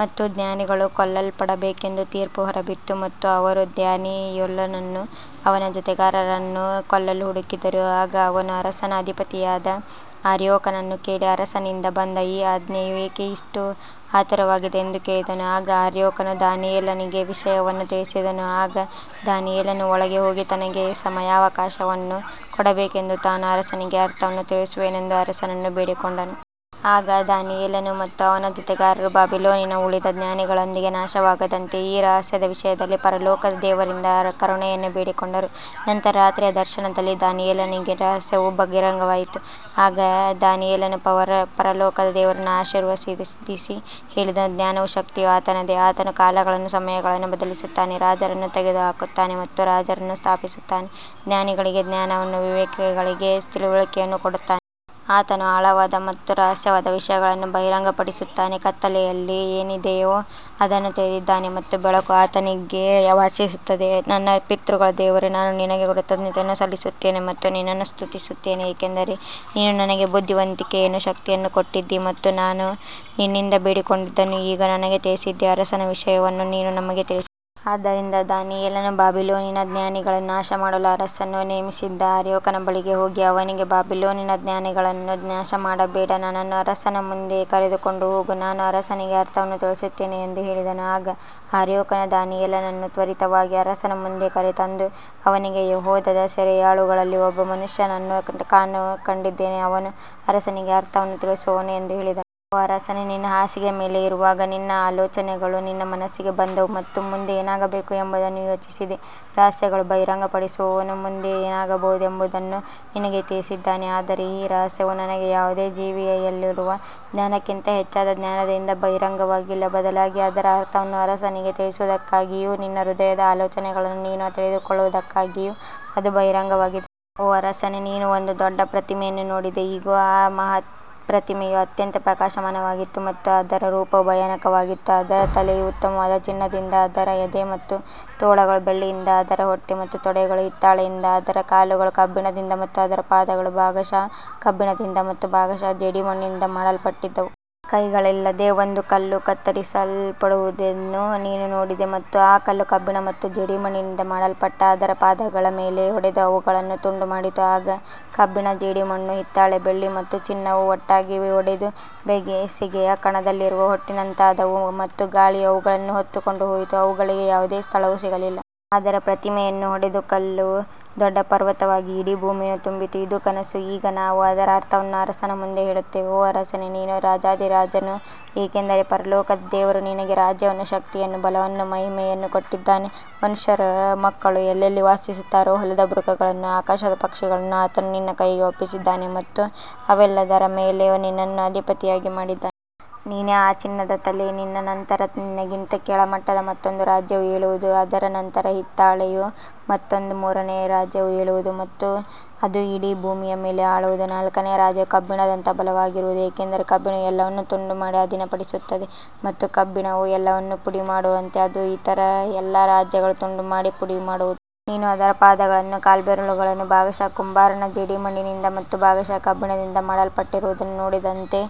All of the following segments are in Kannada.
ಮತ್ತು ಜ್ಞಾನಿಗಳು ಕೊಲ್ಲಲ್ಪಡಬೇಕೆಂದು ತೀರ್ಪು ಹೊರಬಿತ್ತು ಮತ್ತು ಅವರು ದಾನಿಯೇಲನನ್ನೂ ಅವನ ಜೊತೆಗಾರರನ್ನೂ ಕೊಲ್ಲಲು ಹುಡುಕಿದರು. ಆಗ ಅವನು ಅರಸನ ಅಧಿಪತಿಯಾದ ಅರ್ಯೋಕನನ್ನು ಕೇಳಿ, ಅರಸನಿಂದ ಬಂದ ಈ ಆಜ್ಞೆಯು ಏಕೆ ಇಷ್ಟು ಆತುರವಾಗಿದೆ ಎಂದು ಕೇಳಿದನು. ಆಗ ಅರ್ಯೋಕನು ದಾನಿಯೇಲನಿಗೆ ವಿಷಯವನ್ನು ತಿಳಿಸಿದನು. ಆಗ ದಾನಿಯೇಲನು ಒಳಗೆ ಹೋಗಿ, ತನಗೆ ಸಮಯಾವಕಾಶವನ್ನು ಕೊಡಬೇಕೆಂದೂ ತಾನು ಅರಸನಿಗೆ ಅರ್ಥವನ್ನು ತಿಳಿಸುವೆನೆಂದೂ ಅರಸನನ್ನು ಬೇಡಿಕೊಂಡನು. ಆಗ ದಾನಿಯೇಲನು ಮತ್ತು ಅವನ ಜೊತೆಗಾರರು ಬಾಬಿಲೋನಿನ ಉಳಿದ ಜ್ಞಾನಿಗಳೊಂದಿಗೆ ನಾಶವಾಗದಂತೆ ಈ ರಹಸ್ಯದ ವಿಷಯದಲ್ಲಿ ಪರಲೋಕದ ದೇವರಿಂದ ಕರುಣೆಯನ್ನು ಬೇಡಿಕೊಂಡರು. ನಂತರ ರಾತ್ರಿಯ ದರ್ಶನದಲ್ಲಿ ದಾನಿಯೇಲನಿಗೆ ರಹಸ್ಯವು ಬಹಿರಂಗವಾಯಿತು. ಆಗ ದಾನಿಯೇಲನು ಪರಲೋಕದ ದೇವರನ್ನು ಆಶೀರ್ವದಿಸಿ ಹೇಳಿದನು, ಜ್ಞಾನವೂ ಶಕ್ತಿಯೂ ಆತನದೇ, ಆತನು ಕಾಲಗಳನ್ನೂ ಸಮಯಗಳನ್ನೂ ಬದಲಿಸುತ್ತಾನೆ, ರಾಜರನ್ನು ತೆಗೆದುಹಾಕುತ್ತಾನೆ ಮತ್ತು ರಾಜರನ್ನು ಸ್ಥಾಪಿಸುತ್ತಾನೆ, ಜ್ಞಾನಿಗಳಿಗೆ ಜ್ಞಾನವನ್ನೂ ವಿವೇಕಿಗಳಿಗೆ ತಿಳುವಳಿಕೆಯನ್ನೂ ಕೊಡುತ್ತಾನೆ. ಆತನು ಆಳವಾದ ಮತ್ತು ರಹಸ್ಯವಾದ ವಿಷಯಗಳನ್ನು ಬಹಿರಂಗಪಡಿಸುತ್ತಾನೆ, ಕತ್ತಲೆಯಲ್ಲಿ ಏನಿದೆಯೋ ಅದನ್ನು ತಿಳಿದಿದ್ದಾನೆ ಮತ್ತು ಬೆಳಕು ಆತನೊಂದಿಗೆ ವಾಸಿಸುತ್ತದೆ. ನನ್ನ ಪಿತೃಗಳ ದೇವರೇ, ನಾನು ನಿನಗೆ ಕೃತಜ್ಞತೆಯನ್ನು ಸಲ್ಲಿಸುತ್ತೇನೆ ಮತ್ತು ನಿನ್ನನ್ನು ಸ್ತುತಿಸುತ್ತೇನೆ, ಏಕೆಂದರೆ ನೀನು ನನಗೆ ಬುದ್ಧಿವಂತಿಕೆಯನ್ನೂ ಶಕ್ತಿಯನ್ನೂ ಕೊಟ್ಟಿದ್ದೀ ಮತ್ತು ನಾವು ನಿನ್ನಿಂದ ಬೇಡಿಕೊಂಡದ್ದನ್ನು ಈಗ ನನಗೆ ತಿಳಿಸಿದ್ದೀ, ಅರಸನ ವಿಷಯವನ್ನು ನೀನು ನಮಗೆ ತಿಳಿಸಿದ್ದೀ. ಆದ್ದರಿಂದ ದಾನಿಯೇಲನು ಬಾಬಿಲೋನಿನ ಜ್ಞಾನಿಗಳನ್ನು ನಾಶಮಾಡಲು ಅರಸನು ನೇಮಿಸಿದ್ದ ಅರ್ಯೋಕನ ಬಳಿಗೆ ಹೋಗಿ ಅವನಿಗೆ, ಬಾಬಿಲೋನಿನ ಜ್ಞಾನಿಗಳನ್ನು ನಾಶಮಾಡಬೇಡ, ನನ್ನನ್ನು ಅರಸನ ಮುಂದೆ ಕರೆದುಕೊಂಡು ಹೋಗು, ನಾನು ಅರಸನಿಗೆ ಅರ್ಥವನ್ನು ತಿಳಿಸುತ್ತೇನೆ ಎಂದು ಹೇಳಿದನು. ಆಗ ಅರ್ಯೋಕನು ದಾನಿಯೇಲನನ್ನು ತ್ವರಿತವಾಗಿ ಅರಸನ ಮುಂದೆ ಕರೆತಂದು ಅವನಿಗೆ, ಯೆಹೂದದ ಸೆರೆಯಾಳುಗಳಲ್ಲಿ ಒಬ್ಬ ಮನುಷ್ಯನನ್ನು ನಾನು ಕಂಡುಕೊಂಡಿದ್ದೇನೆ, ಅವನು ಅರಸನಿಗೆ ಅರ್ಥವನ್ನು ತಿಳಿಸುವನು ಎಂದು ಹೇಳಿದನು. ಓ ಅರಸನೇ, ನಿನ್ನ ಹಾಸಿಗೆಯ ಮೇಲೆ ಇರುವಾಗ ನಿನ್ನ ಆಲೋಚನೆಗಳು ನಿನ್ನ ಮನಸ್ಸಿಗೆ ಬಂದವು ಮತ್ತು ಮುಂದೆ ಏನಾಗಬೇಕು ಎಂಬುದನ್ನು ಯೋಚಿಸಿದೆ. ರಹಸ್ಯಗಳನ್ನು ಬಹಿರಂಗಪಡಿಸುವವನು ಮುಂದೆ ಏನಾಗುವುದೆಂಬುದನ್ನು ನಿನಗೆ ತಿಳಿಸಿದ್ದಾನೆ. ಆದರೆ ಈ ರಹಸ್ಯವು ನನಗೆ ಯಾವುದೇ ಜೀವಿಯಲ್ಲಿರುವ ಜ್ಞಾನಕ್ಕಿಂತ ಹೆಚ್ಚಾದ ಜ್ಞಾನದಿಂದ ಬಹಿರಂಗವಾಗಿಲ್ಲ, ಬದಲಾಗಿ ಅದರ ಅರ್ಥವನ್ನು ಅರಸನಿಗೆ ತಿಳಿಸುವುದಕ್ಕಾಗಿಯೂ ನಿನ್ನ ಹೃದಯದ ಆಲೋಚನೆಗಳನ್ನು ನೀನು ತಿಳಿದುಕೊಳ್ಳುವುದಕ್ಕಾಗಿಯೂ ಅದು ಬಹಿರಂಗವಾಗಿದೆ. ಓ ಅರಸನೇ, ನೀನು ಒಂದು ದೊಡ್ಡ ಪ್ರತಿಮೆಯನ್ನು ನೋಡಿದೆ. ಇಗೋ, ಆ ಮಹಾ ಪ್ರತಿಮೆಯು ಅತ್ಯಂತ ಪ್ರಕಾಶಮಾನವಾಗಿತ್ತು ಮತ್ತು ಅದರ ರೂಪವು ಭಯಾನಕವಾಗಿತ್ತು. ಅದರ ತಲೆಯು ಉತ್ತಮವಾದ ಚಿನ್ನದಿಂದ, ಅದರ ಎದೆ ಮತ್ತು ತೋಳುಗಳು ಬೆಳ್ಳಿಯಿಂದ, ಅದರ ಹೊಟ್ಟೆ ಮತ್ತು ತೊಡೆಗಳು ಹಿತ್ತಾಳೆಯಿಂದ, ಅದರ ಕಾಲುಗಳು ಕಬ್ಬಿಣದಿಂದ ಮತ್ತು ಅದರ ಪಾದಗಳು ಭಾಗಶಃ ಕಬ್ಬಿಣದಿಂದ ಮತ್ತು ಭಾಗಶಃ ಜೇಡಿಮಣ್ಣಿನಿಂದ ಮಾಡಲ್ಪಟ್ಟಿದ್ದವು. ಕೈಗಳಿಲ್ಲದೆ ಒಂದು ಕಲ್ಲು ಕತ್ತರಿಸಲ್ಪಡುವುದನ್ನು ನೀನು ನೋಡಿದೆ ಮತ್ತು ಆ ಕಲ್ಲು ಕಬ್ಬಿಣ ಮತ್ತು ಜೇಡಿಮಣ್ಣಿನಿಂದ ಮಾಡಲ್ಪಟ್ಟ ಅದರ ಪಾದಗಳ ಮೇಲೆ ಹೊಡೆದು ಅವುಗಳನ್ನು ತುಂಡುಮಾಡಿತು. ಆಗ ಕಬ್ಬಿಣ, ಜೇಡಿಮಣ್ಣು, ಹಿತ್ತಾಳೆ, ಬೆಳ್ಳಿ ಮತ್ತು ಚಿನ್ನವು ಒಟ್ಟಾಗಿ ಒಡೆದು ಬೇಸಿಗೆಯ ಕಣದಲ್ಲಿರುವ ಹೊಟ್ಟಿನಂತಾದವು ಮತ್ತು ಗಾಳಿಯು ಅವುಗಳನ್ನು ಹೊತ್ತುಕೊಂಡು ಹೋಯಿತು, ಅವುಗಳಿಗೆ ಯಾವುದೇ ಸ್ಥಳವು ಸಿಗಲಿಲ್ಲ. ಆದರೆ ಪ್ರತಿಮೆಯನ್ನು ಹೊಡೆದ ಕಲ್ಲು ದೊಡ್ಡ ಪರ್ವತವಾಗಿ ಇಡೀ ಭೂಮಿಯನ್ನು ತುಂಬಿತು. ಇದು ಕನಸು. ಈಗ ನಾವು ಅದರ ಅರ್ಥವನ್ನು ಅರಸನ ಮುಂದೆ ಹೇಳುತ್ತೇವೆ. ಓ ಅರಸನೇ, ನೀನು ರಾಜಾಧಿರಾಜನು, ಏಕೆಂದರೆ ಪರಲೋಕದ ದೇವರು ನಿನಗೆ ರಾಜ್ಯವನ್ನೂ ಶಕ್ತಿಯನ್ನೂ ಬಲವನ್ನೂ ಮಹಿಮೆಯನ್ನೂ ಕೊಟ್ಟಿದ್ದಾನೆ. ಮನುಷ್ಯರ ಮಕ್ಕಳು ಎಲ್ಲೆಲ್ಲಿ ವಾಸಿಸುತ್ತಾರೋ, ಹೊಲದ ಮೃಗಗಳನ್ನೂ ಆಕಾಶದ ಪಕ್ಷಿಗಳನ್ನೂ ಆತನು ನಿನ್ನ ಕೈಗೆ ಒಪ್ಪಿಸಿದ್ದಾನೆ ಮತ್ತು ಅವೆಲ್ಲದರ ಮೇಲೆ ನಿನ್ನನ್ನು ಅಧಿಪತಿಯಾಗಿ ಮಾಡಿದ್ದಾನೆ. ನೀನೇ ಆ ಚಿನ್ನದ ತಲೆ. ನಿನ್ನ ನಂತರ ನಿನಗಿಂತ ಕೆಳಮಟ್ಟದ ಮತ್ತೊಂದು ರಾಜ್ಯವು ಏಳುವುದು, ಅದರ ನಂತರ ಹಿತ್ತಾಳೆಯ ಮತ್ತೊಂದು ಮೂರನೆಯ ರಾಜ್ಯವು ಏಳುವುದು ಮತ್ತು ಅದು ಇಡೀ ಭೂಮಿಯ ಮೇಲೆ ಆಳುವುದು. ನಾಲ್ಕನೆಯ ರಾಜ್ಯವು ಕಬ್ಬಿಣದಂತೆ ಬಲವಾಗಿರುವುದು, ಏಕೆಂದರೆ ಕಬ್ಬಿಣವು ಎಲ್ಲವನ್ನೂ ತುಂಡುಮಾಡಿ ಅಧೀನಪಡಿಸುತ್ತದೆ ಮತ್ತು ಕಬ್ಬಿಣವು ಎಲ್ಲವನ್ನೂ ಪುಡಿಮಾಡುವಂತೆ ಅದು ಇತರ ಎಲ್ಲ ರಾಜ್ಯಗಳನ್ನು ತುಂಡುಮಾಡಿ ಪುಡಿಮಾಡುವುದು. ನೀನು ಅದರ ಪಾದಗಳನ್ನೂ ಕಾಲ್ಬೆರಳುಗಳನ್ನೂ ಭಾಗಶಃ ಕುಂಬಾರನ ಜೇಡಿಮಣ್ಣಿನಿಂದ ಮತ್ತು ಭಾಗಶಃ ಕಬ್ಬಿಣದಿಂದ ಮಾಡಲ್ಪಟ್ಟಿರುವುದನ್ನು ನೋಡಿದಂತೆ,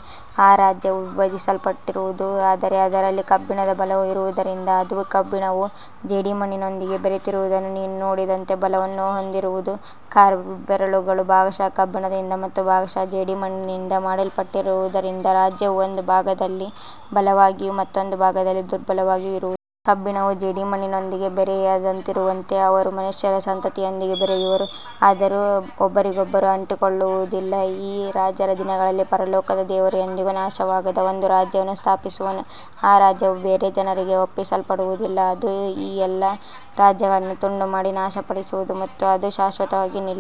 ಆ ರಾಜ್ಯವು ವಿಭಜಿಸಲ್ಪಟ್ಟಿರುವುದು. ಆದರೆ ಅದರಲ್ಲಿ ಕಬ್ಬಿಣದ ಬಲವು ಇರುವುದರಿಂದ ಅದು ಕಬ್ಬಿಣವು ಜೇಡಿಮಣ್ಣಿನೊಂದಿಗೆ ಬೆರೆತಿರುವುದನ್ನು ನೀನು ನೋಡಿದಂತೆ ಬಲವನ್ನು ಹೊಂದಿರುವುದು. ಕಾಲ್ಬೆರಳುಗಳು ಭಾಗಶಃ ಕಬ್ಬಿಣದಿಂದ ಮತ್ತು ಭಾಗಶಃ ಜೇಡಿಮಣ್ಣಿನಿಂದ ಮಾಡಲ್ಪಟ್ಟಿರುವುದರಿಂದ ರಾಜ್ಯವು ಒಂದು ಭಾಗದಲ್ಲಿ ಬಲವಾಗಿಯೂ ಮತ್ತೊಂದು ಭಾಗದಲ್ಲಿ ದುರ್ಬಲವಾಗಿಯೂ ಇರುವದು. ಕಬ್ಬಿಣವು ಜೇಡಿಮಣ್ಣಿನೊಂದಿಗೆ ಬೆರೆಯದಿರುವಂತೆ ಅವರು ಮನುಷ್ಯರ ಸಂತತಿಯೊಂದಿಗೆ ಬೆರೆಯುವರು, ಆದರೆ ಒಬ್ಬರಿಗೊಬ್ಬರು ಅಂಟಿಕೊಳ್ಳುವುದಿಲ್ಲ. ಈ ರಾಜರ ದಿನಗಳಲ್ಲಿ ಪರಲೋಕದ ದೇವರು ಎಂದಿಗೂ ನಾಶವಾಗದ ಒಂದು ರಾಜ್ಯವನ್ನು ಸ್ಥಾಪಿಸುವನು. ಆ ರಾಜ್ಯವು ಬೇರೆ ಜನರಿಗೆ ಒಪ್ಪಿಸಲ್ಪಡುವುದಿಲ್ಲ. ಅದು ಈ ಎಲ್ಲಾ ರಾಜ್ಯಗಳನ್ನು ತುಂಡುಮಾಡಿ ನಾಶಪಡಿಸುವುದು ಮತ್ತು ಅದು ಶಾಶ್ವತವಾಗಿ ನಿಲ್ಲುವುದು.